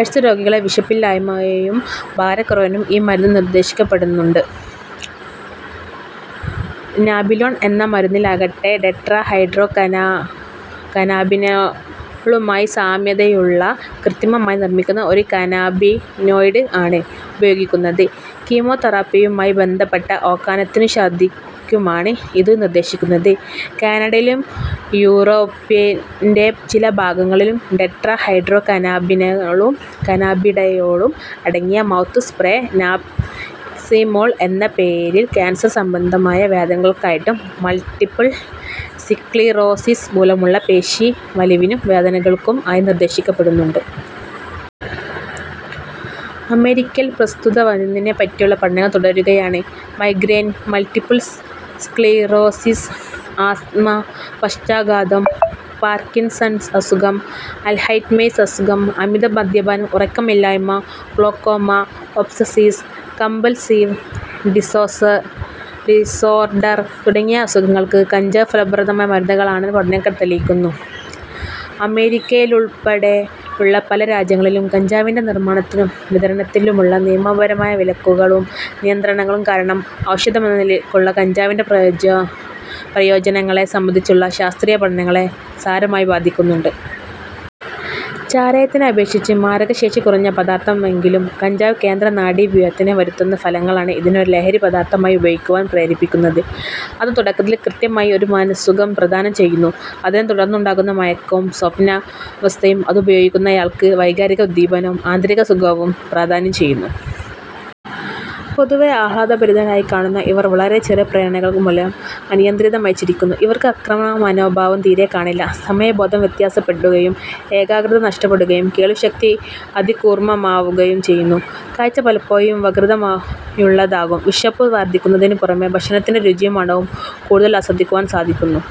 AIDS രോഗികളിലെ വിശപ്പില്ലായ്മയും ഭാരക്കുറവിനും ഈ മരുന്ന് നിർദ്ദേശിക്കപ്പെടുന്നുണ്ട്. നാബിലോൺ എന്ന മരുന്നിലാകട്ടെ, ടെട്രാ ഹൈഡ്രോ കനാബിനോളുമായി സാമ്യതയുള്ള കൃത്രിമമായി നിർമ്മിക്കുന്ന ഒരു കനാബിനോയ്ഡ് ആണ് ഉപയോഗിക്കുന്നത്. കീമോതെറാപ്പിയുമായി ബന്ധപ്പെട്ട ഓക്കാനത്തിനും ഛർദ്ദിക്കുമാണ് ഇതും നിർദ്ദേശിക്കുന്നത്. കാനഡയിലും യൂറോപ്പിന്റെ ചില ഭാഗങ്ങളിലും ടെട്രാ ഹൈഡ്രോ കനാബിനോളും കനാബിഡയോളും അടങ്ങിയ മൗത്ത് സ്പ്രേ നാബിക്സിമോൾ എന്ന പേരിൽ കാൻസർ സംബന്ധിയായ വേദനകൾക്കായിട്ടും, മൾടിപിൾ സ്ക്ലീറോസിസ് മൂലമുള്ള പേശീവലിവിനും വേദനകൾകും ആയി നിർദ്ദേശിക്കപ്പെടുന്നുണ്ട്. അമേരിക്കയിൽ പ്രസ്തുത മരുന്നിനെ പറ്റിയുള്ള പഠനങ്ങൾ തുടരുകയാണ്. മൈഗ്രേൻ, മൾടിപ്പിൾ സ്ക്ളീറോസിസ്, ആസ്ത്മ, പക്ഷാഘാതം, പാർകിൻസൺസ് അസുഖം, അൽഹൈറ്റ്മേഴ്സ് അസുഖം, അമിത മദ്യപാനം, ഉറക്കമില്ലായ്മ, ഗ്ലോക്കോമ, ഒബ്സസീസ് കമ്പൽസീവ് ഡിസോർഡർ തുടങ്ങിയ അസുഖങ്ങൾക്ക് കഞ്ചാവ് ഫലപ്രദമായ മരുന്നാണെന്ന് പഠനങ്ങൾ തെളിയിക്കുന്നു. അമേരിക്കയുൾപടെയുള്ള പല രാജ്യങ്ങളിലും കഞ്ചാവിന്റെ നിർമ്മാണത്തിലും വിതരണത്തിലുമുള്ള നിയമപരമായ വിലക്കുകളും നിയന്ത്രണങ്ങളും കാരണം ഔഷധമെന്ന നിലക്കുള്ള കഞ്ചാവിന്റെ പ്രയോജനങ്ങളെ സംബന്ധിച്ചുള്ള ശാസ്ത്രീയ പഠനങ്ങളെ സാരമായി ബാധിക്കുന്നുണ്ട്. ചാരായത്തിനെ അപേക്ഷിച്ച് മാരകശേഷി കുറഞ്ഞ പദാർഥമെങ്കിലും, കഞ്ചാവ് കേന്ദ്ര നാഡീവ്യൂഹത്തിൽ വരുത്തുന്ന ഫലങ്ങളാണ് ഇതിനെ ഒരു ലഹരി പദാർഥമായി ഉപയോഗിക്കുവാൻ പ്രേരിപ്പിക്കുന്നത്. അത് തുടക്കത്തിൽ കൃത്രിമമായ ഒരു മനഃസുഖം പ്രദാനം ചെയ്യുന്നു. അതിനെ തുടർന്നുണ്ടാകുന്ന മയക്കവും സ്വപ്നാവസ്ഥയും അതുപയോഗിക്കുന്നയാൾക്ക് വൈകാരിക ഉദ്ദീപനവും ആന്തരിക സുഖവും പ്രദാനം ചെയ്യുന്നു. പൊതുവെ ആഹ്ലാദ ഭരിതരായി കാണുന്ന ഇവർ വളരെ ചെറിയ പ്രേരണകൾ മൂലം അനിയന്ത്രിതമായി ചിരിക്കുന്നു. ഇവർക്ക് ആക്രമണ മനോഭാവം തീരെ കാണില്ല. സമയബോധം വ്യത്യാസപ്പെടുകയും, ഏകാഗ്രത നഷ്ടപ്പെടുകയും, കേൾവി ശക്തി അതികൂർമ്മമാവുകയുംചെയ്യുന്നു. കാഴ്ച പലപ്പോഴും വക്രതയുള്ളതാകും. വിശപ്പു വർദ്ധിക്കുന്നതിനു പുറമെ ഭക്ഷണത്തിന്റെ രുചിയും മണവും കൂടുതൽ ആസ്വദിക്കുവാൻ സാധിക്കുന്നു.